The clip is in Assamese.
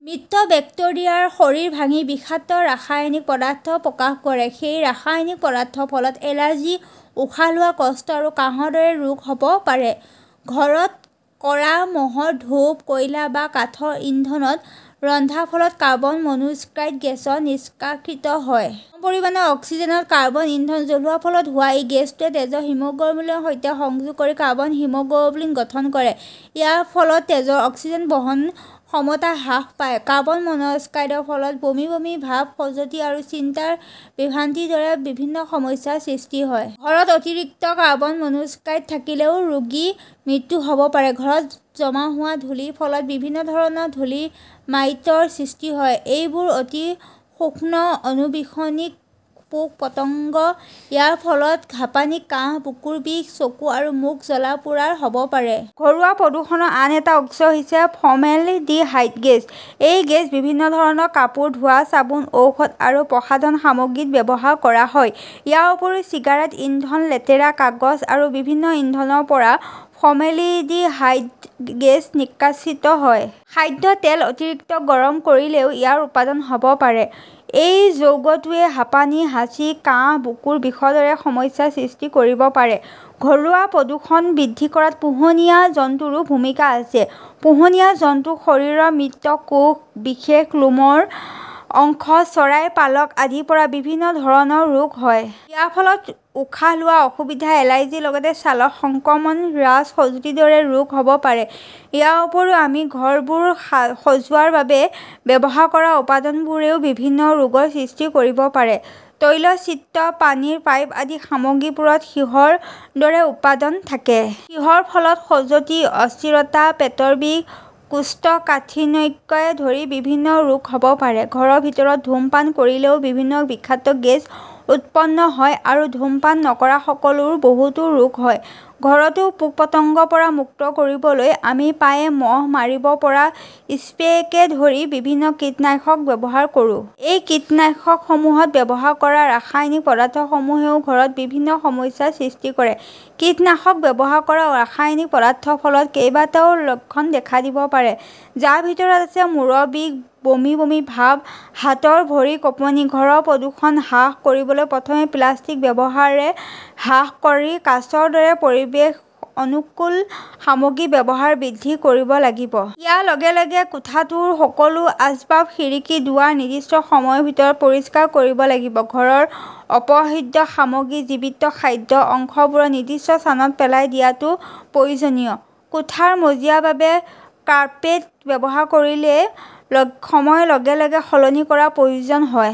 মৃত বেক্টেৰিয়াৰ শৰীৰ ভাঙি বিষাক্ত ৰাসায়নিক পদাৰ্থ প্ৰকাশ কৰে। সেই ৰাসায়নিক পদাৰ্থৰ ফলত এলাৰ্জি, উশাহ লোৱাৰ কষ্ট আৰু কাহৰ দৰে ৰোগ হ'ব পাৰে। ঘৰত কৰা মহৰ ধূপ, কয়লা বা কাঠৰ ইন্ধনত ৰন্ধাৰ ফলত কাৰ্বন মনোক্সাইড গেছ নিষ্কাশিত হয়। কম পৰিমাণৰ অক্সিজেনত কাৰ্বন ইন্ধন জ্বলোৱাৰ ফলত হোৱা এই গেছটোৱে তেজৰ হিমোগ্লোবিনৰ সৈতে সংযোগ কৰি কাৰ্বক্সিহিমোগ্লোবিন গঠন কৰে। ইয়াৰ ফলত তেজৰ অক্সিজেন বহন ক্ষমতা হ্ৰাস পায়। কাৰ্বন মন অক্সাইডৰ ফলত বমি বমি ভাব, খজুৱতি আৰু চিন্তাৰ বিভ্ৰান্তিৰ দৰে বিভিন্ন সমস্যাৰ সৃষ্টি হয়। ঘৰত অতিৰিক্ত কাৰ্বন মনোক্সাইড থাকিলে ৰোগীৰ মৃত্যুও হ'ব পাৰে। ঘৰত জমা হোৱা ধূলিৰ ফলত বিভিন্ন ধৰণৰ ধূলি মাইটৰ সৃষ্টি হয়। এইবোৰ অতি সূক্ষ্ম অণুবীক্ষণিক পোক-পতংগ। ইয়াৰ ফলত হাঁপানি, কাহ, বুকুৰ বিষ, চকু আৰু মুখ জ্বলা-পোৰা হ'ব পাৰে। ঘৰুৱা প্ৰদূষণৰ আন এটা উৎস হৈছে ফৰ্মেলডিহাইড গেছ। এই গেছ বিভিন্ন ধৰণৰ কাপোৰ ধোৱা চাবোন, ঔষধ আৰু প্ৰসাধন সামগ্ৰীত ব্যৱহাৰ কৰা হয়। ইয়াৰ উপৰিও চিগাৰেট ইন্ধন, লেতেৰা কাগজ আৰু বিভিন্ন ইন্ধনৰ পৰা ফৰ্মেলডিহাইড গেছ নিষ্কাশিত হয়। খাদ্য তেল অতিৰিক্ত গৰম কৰিলেও ইয়াৰ উৎপাদন হ'ব পাৰে। এই যৌগটোৱে হাঁপানি, হাঁচি, কাহ, বুকুৰ বিষৰ দৰে সমস্যাৰ সৃষ্টি কৰিব পাৰে। ঘৰুৱা প্ৰদূষণ বৃদ্ধি কৰাত পোহনীয়া জন্তুৰো ভূমিকা আছে। পোহনীয়া জন্তুৰ শৰীৰৰ মৃত কোষ, বিশেষ লোমৰ অংশ, চৰাইৰ পালক আদিৰ পৰা বিভিন্ন ধৰণৰ ৰোগ হয়। ইয়াৰ ফলত উশাহ লোৱাৰ অসুবিধা, এলাৰ্জিৰ লগতে ছালৰ সংক্ৰমণ, ৰাছ, খজুৱতিৰ দৰে ৰোগ হ'ব পাৰে। ইয়াৰ উপৰিও আমি ঘৰবোৰ সজোৱাৰ বাবে ব্যৱহাৰ কৰা উপাদানবোৰেও বিভিন্ন ৰোগৰ সৃষ্টি কৰিব পাৰে। তৈলচিত্ৰ, পানীৰ পাইপ আদিৰ সামগ্ৰীবোৰত সীহৰ দৰে উপাদান থাকে। সীহৰ ফলত খজুৱতি, অস্থিৰতা, পেটৰ বিষ, কোষ্ঠকাঠিন্যকে ধৰি বিভিন্ন ৰোগ হ'ব পাৰে। ঘৰৰ ভিতৰত ধূমপান কৰিলে বিভিন্ন বিষাক্ত গেছ উৎপন্ন হয় আৰু ধূমপান নকৰাসকলৰো বহুতো ৰোগ হয়। ঘৰটো পোক-পতংগৰ পৰা মুক্ত কৰিবলৈ আমি প্ৰায়ে মহ মাৰিব পৰা স্প্ৰেকে ধৰি বিভিন্ন কীটনাশক ব্যৱহাৰ কৰো। এই কীটনাশকসমূহত ব্যৱহাৰ কৰা ৰাসায়নিক পদাৰ্থসমূহেও ঘৰত বিভিন্ন সমস্যাৰ সৃষ্টি কৰে। কীটনাশক ব্যৱহাৰ কৰা ৰাসায়নিক পদাৰ্থৰ ফলত কেইবাটাও লক্ষণ দেখা দিব পাৰে, যাৰ ভিতৰত আছে মূৰৰ বিষ, বমি বমি ভাব, হাত-ভৰিৰ কঁপনি। ঘৰৰ প্ৰদূষণ হ্ৰাস কৰিবলৈ প্ৰথমে প্লাষ্টিকৰ ব্যৱহাৰ হ্ৰাস কৰি কাঁচৰ দৰে পৰিৱেশ অনুকূল সামগ্ৰীৰ ব্যৱহাৰ বৃদ্ধি কৰিব লাগিব। ইয়াৰ লগে - লগে কোঠাটোৰ সকলো আচবাব, খিৰিকী, দুৱাৰ নিৰ্দিষ্ট সময়ৰ ভিতৰত পৰিষ্কাৰ কৰিব লাগিব। ঘৰৰ অব্যৱহৃত সামগ্ৰী, জীৱিত খাদ্যৰ অংশবোৰ নিৰ্দিষ্ট স্থানত পেলাই দিয়াটো প্ৰয়োজনীয়। কোঠাৰ মজিয়াৰ বাবে কাৰ্পেট ব্যৱহাৰ কৰিলে সময়ৰ লগে - লগে সলনি কৰাৰ প্ৰয়োজন হয়।